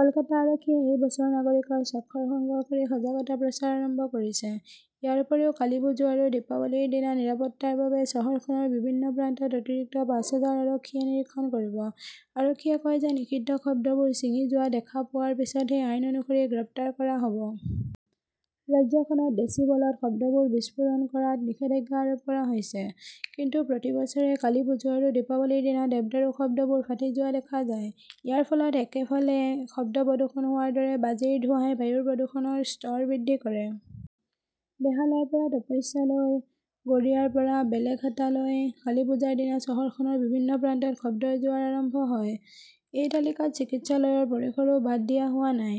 কলকাতা আৰক্ষীয়ে এই বছৰ নাগৰিকৰ স্বাক্ষৰ সংগ্ৰহ কৰি সজাগতা প্ৰচাৰ আৰম্ভ কৰিছে। ইয়াৰ উপৰিও কালিপুজো আৰু দীপাৱলীৰ দিনা নিৰাপত্তাৰ বাবে চহৰখনৰ বিভিন্ন প্ৰান্তত অতিৰিক্ত পাঁচ হাজাৰ আৰক্ষীয়ে নিৰীক্ষণ কৰিব। আৰক্ষীয়ে কয় যে নিষিদ্ধ শব্দবোৰ ছিঙি যোৱা দেখা পোৱাৰ পিছতহে আইন অনুসৰি গ্ৰেপ্তাৰ কৰা হ'ব। ৰাজ্যখনত ডেচিবলত শব্দবোৰ বিস্ফোৰণ কৰাত নিষেধাজ্ঞা আৰোপ কৰা হৈছে। কিন্তু প্ৰতি বছৰে কালীপুজো আৰু দীপাৱলীৰ দিনা দেৱদাৰুৰ শব্দবোৰ ফাটি যোৱা দেখা যায়। ইয়াৰ ফলত একেফালে শব্দ প্ৰদূষণ হোৱাৰ দৰে বাজিৰ ধোঁৱাই বায়ুৰ প্ৰদূষণৰ স্তৰ বৃদ্ধি কৰে। বেহালাৰ পৰা তপস্যালৈ, গড়িয়াৰ পৰা বেলেঘাটালৈ-কালিপুজাৰ দিনা চহৰখনৰ বিভিন্ন প্ৰান্তত শব্দৰ জোৱাৰ আৰম্ভ হয়। এই তালিকাত চিকিৎসালয়ৰ পৰিসৰো বাদ দিয়া হোৱা নাই।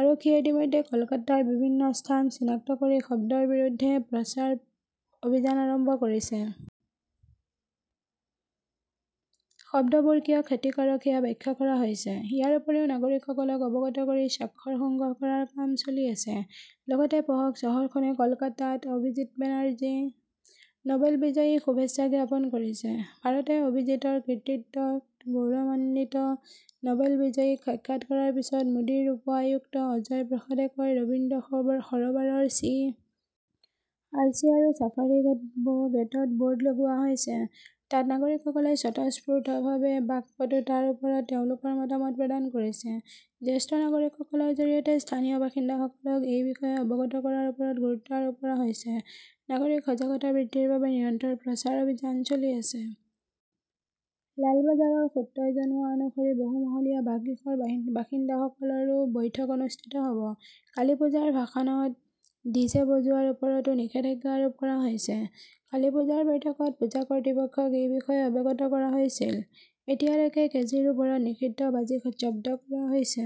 আৰক্ষীয়ে ইতিমধ্যে কলকাতাৰ বিভিন্ন স্থান চিনাক্ত কৰি শব্দৰ বিৰুদ্ধে প্ৰচাৰ অভিযান আৰম্ভ কৰিছে। শব্দবোৰ কিয় ক্ষতিকাৰক সেয়া ব্যাখ্যা কৰা হৈছে। ইয়াৰ উপৰিও নাগৰিকসকলক অৱগত কৰি স্বাক্ষৰ সংগ্ৰহ কৰাৰ কাম চলি আছে। লগতে পঢ়ক চহৰখনে কলকাতাত অভিজিৎ বেনাৰ্জী, নবেল বিজয়ীক শুভেচ্ছা জ্ঞাপন কৰিছে। ভাৰতে অভিজিৎৰ কৃতিত্বত গৌৰৱান্বিত, নবেল বিজয়ীক সাক্ষাৎ কৰাৰ পিছত মোদীৰ উপ আয়ুক্ত অজয় প্ৰসাদে কয় ৰবীন্দ্ৰ সৰবাৰৰ চি. আৰ. চি. আৰু ছাফাৰী গেটত বোৰ্ড লগোৱা হৈছে। তাত নাগৰিকসকলে স্বতঃস্ফূৰ্তভাৱে বাকপটুতাৰ ওপৰত তেওঁলোকৰ মতামত প্ৰদান কৰিছে। জ্যেষ্ঠ নাগৰিকসকলৰ জৰিয়তে স্থানীয় বাসিন্দাসকলক এই বিষয়ে অৱগত কৰাৰ ওপৰত গুৰুত্ব আৰোপ কৰা হৈছে। নাগৰিক সজাগতা বৃদ্ধিৰ বাবে নিৰন্তৰ প্ৰচাৰ অভিযান চলি আছে। লালবাজাৰৰ সূত্ৰই জনোৱা অনুসৰি বহু মহলীয়া বাসগৃহৰ বাসিন্দাসকলৰো বৈঠক অনুষ্ঠিত হ'ব। কালিপুজাৰ ভাসানত ডিজে বজোৱাৰ ওপৰতো নিষেধাজ্ঞা আৰোপ কৰা হৈছে। কালিপুজাৰ বৈঠকত পূজা কৰ্তৃপক্ষক এই বিষয়ে অৱগত কৰা হৈছিল। এতিয়ালৈকে কেজিৰ ওপৰত নিষিদ্ধ বাজি জব্দ কৰা হৈছে।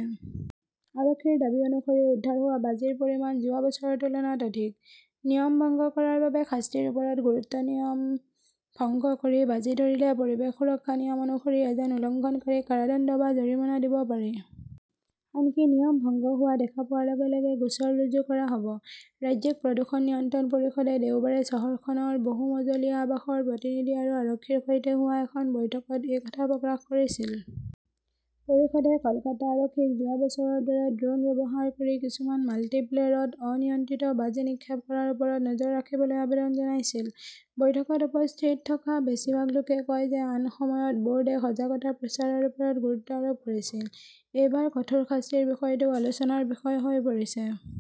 আৰক্ষীৰ দাবী অনুসৰি উদ্ধাৰ হোৱা বাজিৰ পৰিমাণ যোৱা বছৰৰ তুলনাত অধিক। নিয়ম ভংগ কৰাৰ বাবে শাস্তিৰ ওপৰত গুৰুত্ব নিয়ম ভংগ কৰি বাজি ধৰিলে পৰিৱেশ সুৰক্ষা নিয়ম অনুসৰি এজন উলংঘনকাৰীক কাৰাদণ্ড বা জৰিমনা দিব পাৰি। আনকি নিয়ম ভংগ হোৱা দেখা পোৱাৰ লগে - লগে গোচৰ ৰুজু কৰা হ'ব। ৰাজ্যিক প্ৰদূষণ নিয়ন্ত্ৰণ পৰিষদে দেওবাৰে চহৰখনৰ বহু মজলীয়া আৱাসৰ প্ৰতিনিধি আৰু আৰক্ষীৰ সৈতে হোৱা এখন বৈঠকত এই কথা প্ৰকাশ কৰিছিল। পৰিষদে কলকাতা আৰক্ষীক যোৱা বছৰৰ দৰে ড্ৰোন ব্যৱহাৰ কৰি কিছুমান মাল্টিপ্লেৰত অনিয়ন্ত্ৰিত বাজি নিক্ষেপ কৰাৰ ওপৰত নজৰ ৰাখিবলৈ আবেদন জনাইছিল। বৈঠকত উপস্থিত থকা বেছিভাগ লোকে কয় যে আন সময়ত বোৰ্ডে সজাগতা প্ৰচাৰৰ ওপৰত গুৰুত্ব আৰোপ কৰিছিল। এইবাৰ কঠোৰ শাস্তিৰ বিষয়টোও আলোচনাৰ বিষয় হৈ পৰিছে।